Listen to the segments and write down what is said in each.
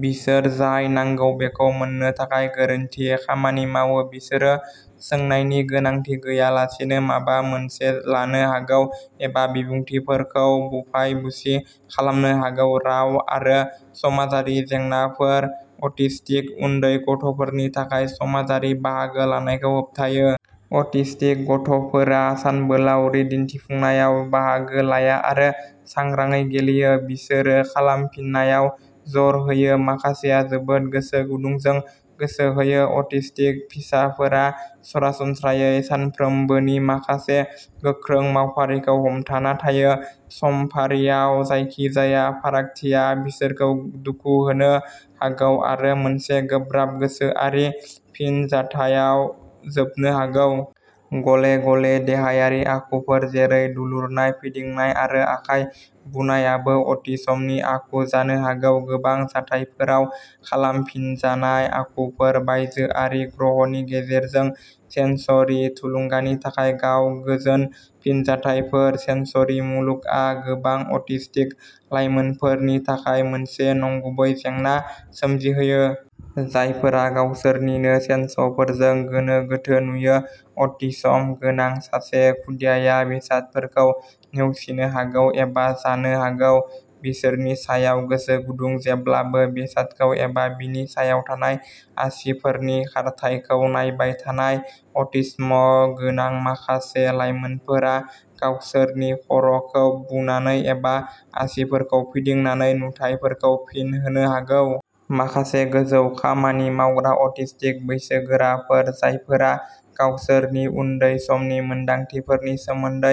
बिसोर जाय नांगौ बेखौ मोननो थाखाय गोरोन्थियै खामानि मावो। बिसोर सोंनायनि गोनांथि गैयालासेनो माबा मोनसे लानो हागौ एबा बिबुंथिफोरखौ बुफाय बुसि खालामनो हागौ। राव आरो समाजारि जेंनाफोरा अटिस्टिक उन्दै गथ'फोरनि थाखाय समाजारि बाहागो लानायखौ होबथायो। अटिस्टिक गथ'फोरा सानबोलावरि दिन्थिफुंनायाव बाहागो लाया आरो सांग्राङै गेलेयो। बिसोरो खालामफिननायाव जर होयो। माखासेया जोबोद गोसो गुदुंजों गोसो होयो। अटिस्टिक फिसाफोरा सरासनस्रायै सानफ्रोमबोनि माखासे गोख्रों मावफारिखौ हमथाना थायो। समफारियाव जायखिजाया फारागथिया बिसोरखौ दुखु होनो हागौ आरो मोनसे गोब्राब गोसोआरि फिनजाथायाव जोबनो हागौ। गले-गले देहायारि आखुफोर जेरै दुलुरनाय, फिदिंनाय, आरो आखाइ बुनायाबो अटिसमनि आखु जानो हागौ। गोबां जाथायफोराव खालामफिनजानाय आखुफोरा बायजोआरि ग्रहनि गेजेरजों सेन्सरि थुलुंगानि थाखाय गाव गोजोन फिनजाथायफोर। सेन्सरि मुलुगआ गोबां अटिस्टिक लाइमोनफोरनि थाखाय मोनसे नंगुबै जेंना सोमजिहोयो। जायफोरा गावसोरनिनो सेन्सफोरजों गोनो-गोथो नुयो। अटिसम गोनां सासे खुदियाया बेसादफोरखौ नेवसिनो हागौ एबा जानो हागौ। बिसोरनि सायाव गोसो गुदुं जेब्लाबो बेसादखौ एबा बिनि सायाव थानाय आसिफोरनि खारथायखौ नायबाय थानाय। अटिस्म गोनां माखासे लाइमोनफोरा गावसोरनि खर'खौ बुनानै एबा आसिफोरखौ फिदिंनानै नुथाइफोरखौ फिन होनो हागौ। माखासे गोजौ खामानि मावग्रा अटिस्टिक बैसोगोराफोर जायफोरा गावसोरनि उन्दै समनि मोनदांथिफोरनि सोमोन्दै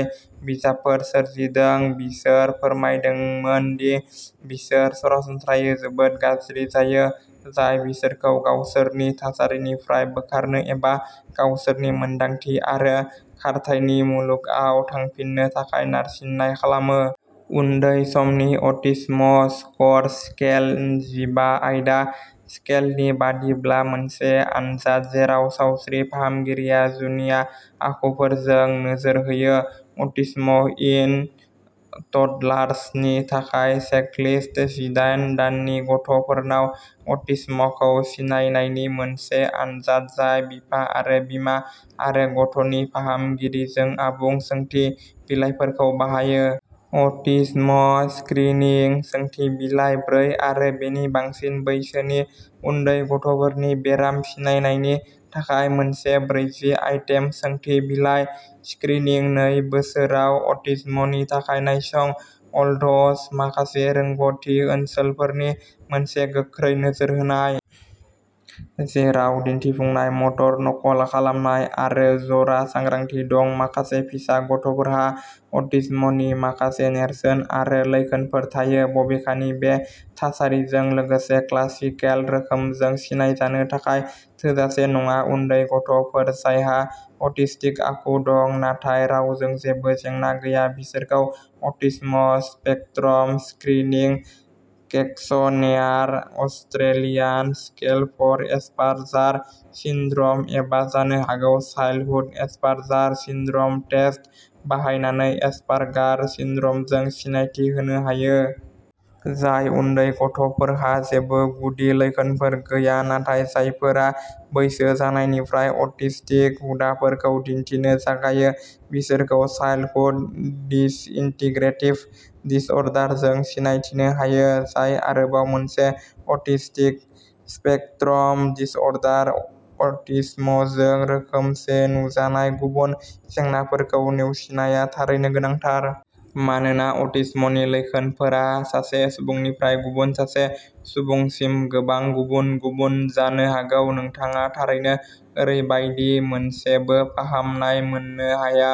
बिजाबफोर सोरजिदों। बिसोर फोरमायदोंमोन दि बिसोर सरासनस्रायै जोबोद गाज्रि जायो। जाय बिसोरखौ गावसोरनि थासारिनिफ्राय बोखारनो एबा गावसोरनि मोन्दांथि आरो खारथायनि मुलुगाव थांफिननो थाखाय नारसिननाय खालामो। उन्दै समनि अटिस्म स्कर स्केल जिबा आयदा स्केलनि बायदिब्ला मोनसे आनजाद जेराव सावस्रि फाहामगिरिया जुनिया आखुफोरजों नोजोर होयो। अटिस्म इन टडलार्सनि थाखाय चेकलिस्ट जिदाइन दाननि गथ'फोरनाव अटिस्मखौ सिनायनायनि मोनसे आनजाद जाय बिफा आरो बिमा आरो गथ'नि फाहामगिरिजों आबुं सोंथि बिलाइफोरखौ बाहायो। अटिज्म स्क्रिनिं सोंथि बिलाइ ब्रै आरो बेनि बांसिन बैसोनि उन्दै गथ'फोरनि बेराम सिनायनायनि थाखाय मोनसे ब्रैजि आइटेम सोंथि बिलाइ। स्क्रिनिं नै बोसोराव अटिज्मनि थाखाय नायसं। अल्ड्स माखासे रोंग'थि ओनसोलफोरनि मोनसे गोख्रै नोजोर होनाय। जेराव दिन्थिफुंनाय, मटर नकल खालामनाय, आरो जरा सांग्रांथि दं। माखासे फिसा गथ'फोरहा अटिज्मनि माखासे नेरसोन आरो लैखोनफोर थायो। बबेखानि बे थासारिजों लोगोसे क्लासिकेल रोखोमजों सिनायजानो थाखाय थोजासे नङा। उन्दै गथ'फोर जायहा अटिस्टिक आखु दं नाथाय रावजों जेबो जेंना गैया बिसोरखौ autism spectrum screening questionnaire, Australian scale for Asperger syndrome एबा जानो हागौ चाइल्डहुड एस्पारजार सिनड्रम टेस्ट बाहायनानै एस्पारगार सिनड्रमजों सिनायथि होनो हायो। जाय उन्दै गथ'फोरहा जेबो गुदि लैखोनफोर गैया नाथाय जायफोरा बैसो जानायनिफ्राय अटिस्टिक हुदाफोरखौ दिन्थिनो जागायो बिसोरखौ चाइल्डहुड डिसइन्टिग्रेटिभ डिसअर्डार जों सिनायथिनो हायो। जाय आरोबाव मोनसे अटिस्टिक स्पेक्ट्रम डिसअर्डार। अटिज्मजों रोखोमसे नुजानाय गुबुन जेंनाफोरखौ नेवसिनाया थारैनो गोनांथार। मानोना अटिज्मनि लैखोनफोरा सासे सुबुंनिफ्राय गुबुन सासे सुबुंसिम गोबां गुबुन-गुबुन जानो हागौ। नोंथाङा थारैनो ओरैबायदि मोनसेबो फाहामनाय मोननो हाया।